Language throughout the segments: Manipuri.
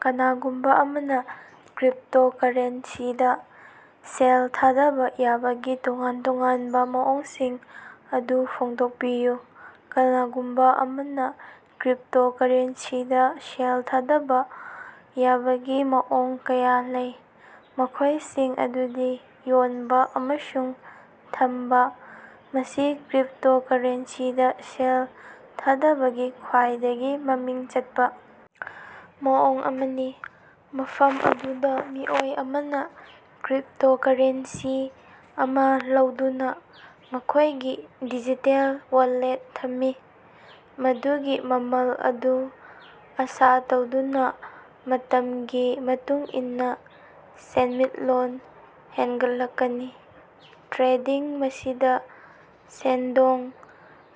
ꯀꯅꯥꯒꯨꯝꯕ ꯑꯃꯅ ꯀ꯭ꯔꯤꯞꯇꯣꯀꯔꯦꯟꯁꯤꯗ ꯁꯦꯜ ꯊꯥꯗꯕ ꯌꯥꯕꯒꯤ ꯇꯣꯉꯥꯟ ꯇꯣꯉꯥꯟꯕ ꯃꯑꯣꯡꯁꯤꯡ ꯑꯗꯨ ꯐꯣꯡꯗꯣꯛꯄꯤꯌꯨ꯫ ꯀꯅꯥꯒꯨꯝꯕ ꯑꯃꯅ ꯀ꯭ꯔꯤꯞꯇꯣꯀꯔꯦꯟꯁꯤꯗ ꯁꯦꯜ ꯊꯥꯗꯕ ꯌꯥꯕꯒꯤ ꯃꯑꯣꯡ ꯀꯌꯥ ꯂꯩ꯫ ꯃꯈꯣꯏꯁꯤꯡ ꯑꯗꯨꯗꯤ: ꯌꯣꯟꯕ ꯑꯃꯁꯨꯡ ꯊꯝꯕ – ꯃꯁꯤ ꯀ꯭ꯔꯤꯞꯇꯣꯀꯔꯦꯟꯁꯤꯗ ꯁꯦꯜ ꯊꯥꯗꯕꯒꯤ ꯈ꯭ꯋꯥꯏꯗꯒꯤ ꯃꯃꯤꯡ ꯆꯠꯄ ꯃꯑꯣꯡ ꯑꯃꯅꯤ꯫ ꯃꯐꯝ ꯑꯗꯨꯗ ꯃꯤꯑꯣꯏ ꯑꯃꯅ ꯀ꯭ꯔꯤꯞꯇꯣꯀꯔꯦꯟꯁꯤ ꯑꯃ ꯂꯧꯗꯨꯅ ꯃꯈꯣꯏꯒꯤ ꯗꯤꯖꯤꯇꯦꯜ ꯋꯥꯂꯦꯠꯇ ꯊꯝꯃꯤ꯫ ꯃꯗꯨꯒꯤ ꯃꯃꯜ ꯑꯗꯨ ꯑꯥꯁꯥ ꯇꯧꯗꯨꯅ ꯃꯇꯝꯒꯤ ꯃꯇꯨꯡ ꯏꯟꯅ ꯁꯦꯟꯃꯤꯠꯂꯣꯟ ꯍꯦꯟꯒꯠꯂꯛꯀꯅꯤ꯫ ꯇ꯭ꯔꯦꯗꯤꯡ – ꯃꯁꯤꯗ ꯁꯦꯟꯗꯣꯡ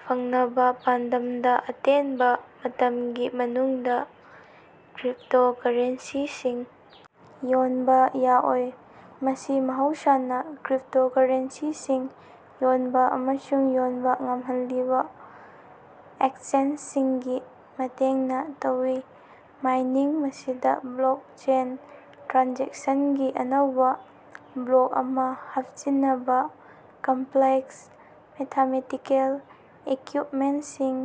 ꯐꯪꯅꯕ ꯄꯥꯟꯗꯝꯗ ꯑꯇꯦꯟꯕ ꯃꯇꯝꯒꯤ ꯃꯅꯨꯡꯗ ꯀ꯭ꯔꯤꯞꯇꯣꯀꯔꯦꯟꯁꯤꯁꯤꯡ ꯌꯣꯟꯕ ꯌꯥꯑꯣꯏ꯫ ꯃꯁꯤ ꯃꯍꯧꯁꯥꯅ ꯀ꯭ꯔꯤꯞꯇꯣꯀꯔꯦꯟꯁꯤꯁꯤꯡ ꯌꯣꯟꯕ ꯑꯃꯁꯨꯡ ꯌꯣꯟꯕ ꯉꯝꯍꯜꯂꯤꯕ ꯑꯦꯛꯁꯆꯦꯟꯖꯁꯤꯡꯒꯤ ꯃꯇꯦꯡꯅ ꯇꯧꯏ꯫ ꯃꯥꯏꯅꯤꯡ – ꯃꯁꯤꯗ ꯕ꯭ꯂꯣꯛꯆꯦꯟꯗ ꯇ꯭ꯔꯥꯟꯖꯦꯛꯁꯟꯒꯤ ꯑꯅꯧꯕ ꯕ꯭ꯂꯣꯛ ꯑꯃ ꯍꯥꯞꯆꯤꯟꯅꯕ ꯀꯝꯄ꯭ꯂꯦꯛꯁ ꯃꯦꯊꯃꯦꯇꯤꯀꯦꯜ ꯏꯀ꯭ꯌꯨꯏꯞꯃꯦꯟꯇꯁꯤꯡ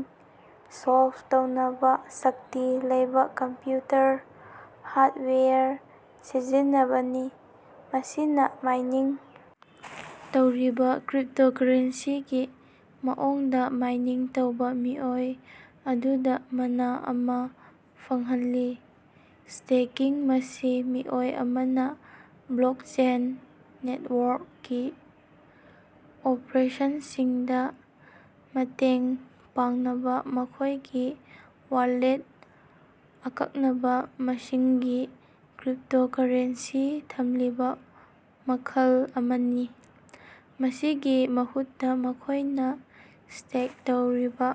ꯁꯣꯜꯚ ꯇꯧꯅꯕ ꯁꯛꯇꯤ ꯂꯩꯕ ꯀꯝꯄ꯭ꯌꯨꯇꯔ ꯍꯥꯔꯗꯋꯦꯌꯔ ꯁꯤꯖꯤꯟꯅꯕꯅꯤ꯫ ꯃꯁꯤꯅ ꯃꯥꯏꯅꯤꯡ ꯇꯧꯔꯤꯕ ꯀ꯭ꯔꯤꯞꯇꯣꯀꯔꯦꯟꯁꯤꯒꯤ ꯃꯑꯣꯡꯗ ꯃꯥꯏꯅꯤꯡ ꯇꯧꯕ ꯃꯤꯑꯣꯏ ꯑꯗꯨꯗ ꯃꯅꯥ ꯑꯃ ꯐꯪꯍꯜꯂꯤ꯫ ꯁ꯭ꯇꯦꯀꯤꯡ – ꯃꯁꯤ ꯃꯤꯑꯣꯏ ꯑꯃꯅ ꯕ꯭ꯂꯣꯛꯆꯦꯟ ꯅꯦꯠꯋꯥꯔꯛꯀꯤ ꯑꯣꯄꯔꯦꯁꯟꯁꯤꯡꯗ ꯃꯇꯦꯡ ꯄꯥꯡꯅꯕ ꯃꯈꯣꯏꯒꯤ ꯋꯥꯂꯦꯠꯇ ꯑꯀꯛꯅꯕ ꯃꯁꯤꯡꯒꯤ ꯀ꯭ꯔꯤꯞꯇꯣꯀꯔꯦꯟꯁꯤ ꯊꯝꯂꯤꯕ ꯃꯈꯜ ꯑꯃꯅꯤ꯫ ꯃꯁꯤꯒꯤ ꯃꯍꯨꯠꯇ ꯃꯈꯣꯏꯅ ꯁ꯭ꯇꯦꯛ ꯇꯧꯔꯤꯕ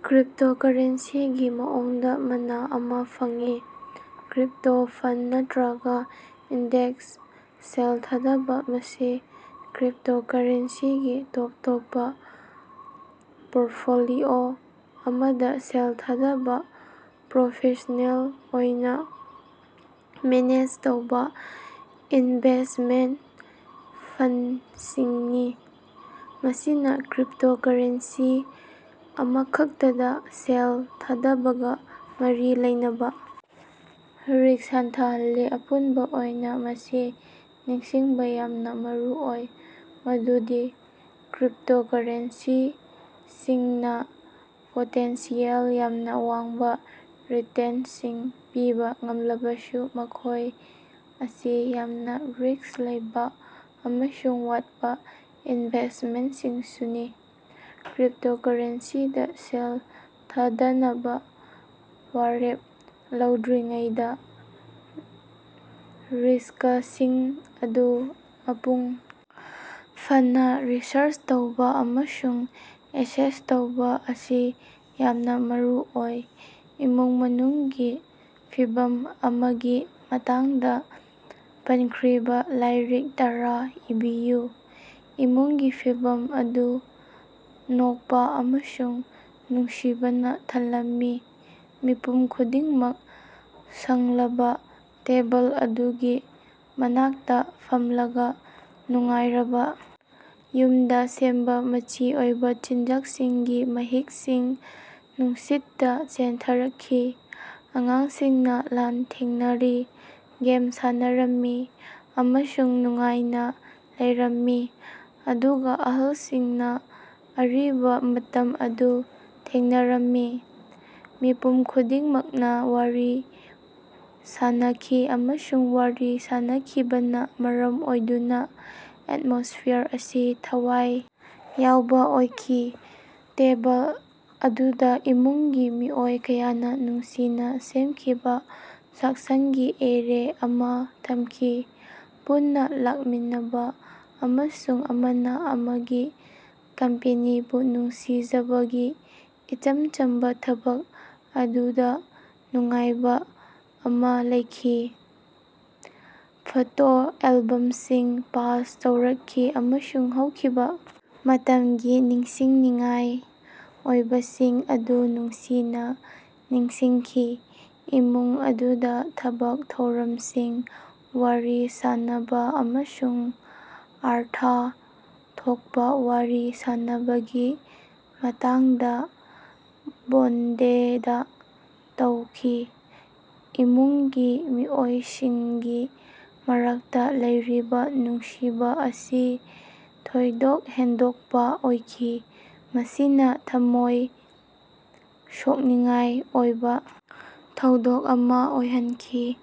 ꯀ꯭ꯔꯤꯞꯇꯣꯀꯔꯦꯟꯁꯤꯒꯤ ꯃꯑꯣꯡꯗ ꯃꯅꯥ ꯑꯃ ꯐꯪꯏ꯫ ꯀ꯭ꯔꯤꯞꯇꯣ ꯐꯟꯗ ꯅꯠꯇ꯭ꯔꯒ ꯏꯟꯗꯦꯛꯁꯇ ꯁꯦꯜ ꯊꯥꯗꯕ – ꯃꯁꯤ ꯀ꯭ꯔꯤꯞꯇꯣꯀꯔꯦꯟꯁꯤꯒꯤ ꯇꯣꯞ ꯇꯣꯞꯄ ꯄꯣꯔꯠꯐꯣꯂꯤꯑꯣ ꯑꯃꯗ ꯁꯦꯜ ꯊꯥꯗꯕ ꯄ꯭ꯔꯣꯐꯦꯁ꯭ꯅꯦꯜ ꯑꯣꯏꯅ ꯃꯦꯅꯦꯖ ꯇꯧꯕ ꯏꯟꯚꯦꯁꯠꯃꯦꯟꯇ ꯐꯟꯗꯁꯤꯡꯅꯤ꯫ ꯃꯁꯤꯅ ꯀ꯭ꯔꯤꯞꯇꯣꯀꯔꯦꯟꯁꯤ ꯑꯃꯈꯛꯇꯗ ꯁꯦꯜ ꯊꯥꯗꯕꯒ ꯃꯔꯤ ꯂꯩꯅꯕ ꯔꯤꯁꯛ ꯍꯟꯊꯍꯜꯂꯤ꯫ ꯑꯄꯨꯟꯕ ꯑꯣꯏꯅ, ꯃꯁꯤ ꯅꯤꯡꯁꯤꯡꯕ ꯌꯥꯝꯅ ꯃꯔꯨ ꯑꯣꯏ ꯃꯗꯨꯗꯤ ꯀ꯭ꯔꯤꯞꯇꯣꯀꯔꯦꯟꯁꯤꯁꯤꯡꯅ ꯄꯣꯇꯦꯟꯁꯤꯌꯦꯜ ꯌꯥꯝꯅ ꯋꯥꯡꯕ ꯔꯤꯇꯦꯟꯇꯁꯤꯡ ꯄꯤꯕ ꯉꯝꯂꯕꯁꯨ ꯃꯈꯣꯏ ꯑꯁꯤ ꯌꯥꯝꯅ ꯔꯤꯁ꯭ꯛ ꯂꯩꯕ ꯑꯃꯁꯨꯡ ꯋꯥꯠꯄ ꯏꯟꯚꯦꯁꯇꯃꯦꯟꯇꯁꯤꯡꯁꯨꯅꯤ꯫ ꯀ꯭ꯔꯤꯞꯇꯣꯀꯔꯦꯟꯁꯤꯗ ꯁꯦꯜ ꯊꯥꯗꯅꯕ ꯋꯥꯔꯦꯞ ꯂꯧꯗ꯭ꯔꯤꯉꯩꯗ ꯔꯤꯁꯀꯁꯤꯡ ꯑꯗꯨ ꯃꯄꯨꯡ ꯐꯥꯅ ꯔꯤꯁꯔꯆ ꯇꯧꯕ ꯑꯃꯁꯨꯡ ꯑꯦꯁꯦꯁ ꯇꯧꯕ ꯑꯁꯤ ꯌꯥꯝꯅ ꯃꯔꯨꯑꯣꯏ꯫ ꯏꯃꯨꯡ ꯃꯅꯨꯡꯒꯤ ꯃꯤꯐꯝ ꯑꯃꯒꯤ ꯃꯇꯥꯡꯗ ꯄꯟꯈ꯭ꯔꯤꯕ ꯂꯥꯏꯔꯤꯛ ꯇꯔꯥ ꯏꯕꯤꯌꯨ꯫ ꯏꯃꯨꯡꯒꯤ ꯃꯤꯐꯝ ꯑꯗꯨ ꯅꯣꯛꯄ ꯑꯃꯁꯨꯡ ꯅꯨꯡꯁꯤꯕꯅ ꯊꯜꯂꯝꯃꯤ꯫ ꯃꯤꯄꯨꯝ ꯈꯨꯗꯤꯡꯃꯛ ꯁꯥꯡꯂꯕ ꯇꯦꯕꯜ ꯑꯗꯨꯒꯤ ꯃꯅꯥꯛꯇ ꯐꯝꯂꯒ ꯅꯨꯡꯉꯥꯏꯔꯕ ꯌꯨꯝꯗ ꯁꯦꯝꯕ ꯃꯆꯤ ꯑꯣꯏꯕ ꯆꯤꯟꯖꯥꯛꯁꯤꯡꯒꯤ ꯃꯍꯤꯛꯁꯤꯡ ꯅꯨꯡꯁꯤꯠꯇ ꯆꯦꯟꯊꯔꯛꯈꯤ꯫ ꯑꯉꯥꯡꯁꯤꯡꯅ ꯂꯥꯟꯊꯦꯡꯅꯔꯤ, ꯒꯦꯝ ꯁꯥꯟꯅꯔꯝꯃꯤ ꯑꯃꯁꯨꯡ ꯅꯨꯡꯉꯥꯏꯅ ꯂꯩꯔꯝꯃꯤ ꯑꯗꯨꯒ ꯑꯍꯜꯁꯤꯡꯅ ꯑꯔꯤꯕ ꯃꯇꯝ ꯑꯗꯨ ꯊꯦꯡꯅꯔꯝꯃꯤ꯫ ꯃꯤꯄꯨꯝ ꯈꯨꯗꯤꯡꯃꯛꯅ ꯋꯥꯔꯤ ꯁꯥꯅꯈꯤ ꯑꯃꯁꯨꯡ ꯋꯥꯔꯤ ꯁꯥꯅꯈꯤꯕꯅ ꯃꯔꯝ ꯑꯣꯏꯗꯨꯅ ꯑꯦꯠꯃꯣꯁꯐꯤꯌꯔ ꯑꯁꯤ ꯊꯋꯥꯏ ꯌꯥꯎꯕ ꯑꯣꯏꯈꯤ꯫ ꯇꯦꯕꯜ ꯑꯗꯨꯗ ꯏꯃꯨꯡꯒꯤ ꯃꯤꯑꯣꯏ ꯀꯌꯥꯅ ꯅꯨꯡꯁꯤꯅ ꯁꯦꯝꯈꯤꯕ ꯆꯥꯛꯁꯪꯒꯤ ꯑꯦꯔꯦ ꯑꯃ ꯊꯝꯈꯤ꯫ ꯄꯨꯟꯅ ꯂꯥꯛꯃꯤꯟꯅꯕ ꯑꯃꯁꯨꯡ ꯑꯃꯅ ꯑꯃꯒꯤ ꯀꯝꯄꯦꯅꯤꯕꯨ ꯅꯨꯡꯁꯤꯖꯕꯒꯤ ꯏꯆꯝ ꯆꯝꯕ ꯊꯕꯛ ꯑꯗꯨꯗ ꯅꯨꯡꯉꯥꯏꯕ ꯑꯃ ꯂꯩꯈꯤ꯫ ꯐꯣꯇꯣ ꯑꯦꯜꯕꯝꯁꯤꯡ ꯄꯥꯁ ꯇꯧꯔꯛꯈꯤ ꯑꯃꯁꯨꯡ ꯍꯧꯈꯤꯕ ꯃꯇꯝꯒꯤ ꯅꯤꯡꯁꯤꯡꯅꯤꯡꯉꯥꯏ ꯑꯣꯏꯕꯁꯤꯡ ꯑꯗꯨ ꯅꯨꯡꯁꯤꯅ ꯅꯤꯡꯁꯤꯡꯈꯤ꯫ ꯏꯃꯨꯡ ꯑꯗꯨꯅ ꯊꯕꯛ ꯊꯧꯔꯝꯁꯤꯡ, ꯋꯥꯔꯤ ꯁꯥꯟꯅꯕ ꯑꯃꯁꯨꯡ ꯑꯔꯊ ꯊꯣꯛꯄ ꯋꯥꯔꯤ ꯁꯥꯟꯅꯕꯒꯤ ꯃꯇꯥꯡꯗ ꯕꯣꯟꯗꯦꯗ ꯇꯧꯈꯤ꯫ ꯏꯃꯨꯡꯒꯤ ꯃꯤꯑꯣꯏꯁꯤꯡꯒꯤ ꯃꯔꯛꯇ ꯂꯩꯔꯤꯕ ꯅꯨꯡꯁꯤꯕ ꯑꯁꯤ ꯊꯣꯏꯗꯣꯛ ꯍꯦꯟꯗꯣꯛꯄ ꯑꯣꯏꯈꯤ꯫ ꯃꯁꯤꯅ ꯊꯝꯃꯣꯏ ꯁꯣꯛꯅꯤꯡꯉꯥꯏ ꯑꯣꯏꯕ ꯊꯧꯗꯣꯛ ꯑꯃ ꯑꯣꯏꯍꯟꯈꯤ꯫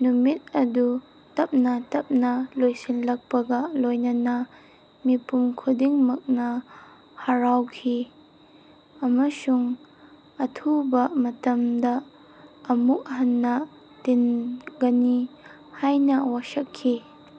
ꯅꯨꯃꯤꯠ ꯑꯗꯨ ꯇꯞꯅ ꯇꯞꯅ ꯂꯣꯏꯁꯤꯜꯂꯛꯄꯒ ꯂꯣꯏꯅꯅ ꯃꯤꯄꯨꯝ ꯈꯨꯗꯤꯡꯃꯛꯅ ꯍꯔꯥꯎꯈꯤ ꯑꯃꯁꯨꯡ ꯑꯊꯨꯕ ꯃꯇꯝꯗ ꯑꯃꯨꯛ ꯍꯟꯅ ꯇꯤꯟꯒꯅꯤ ꯍꯥꯏꯅ ꯋꯥꯁꯛꯈꯤ꯫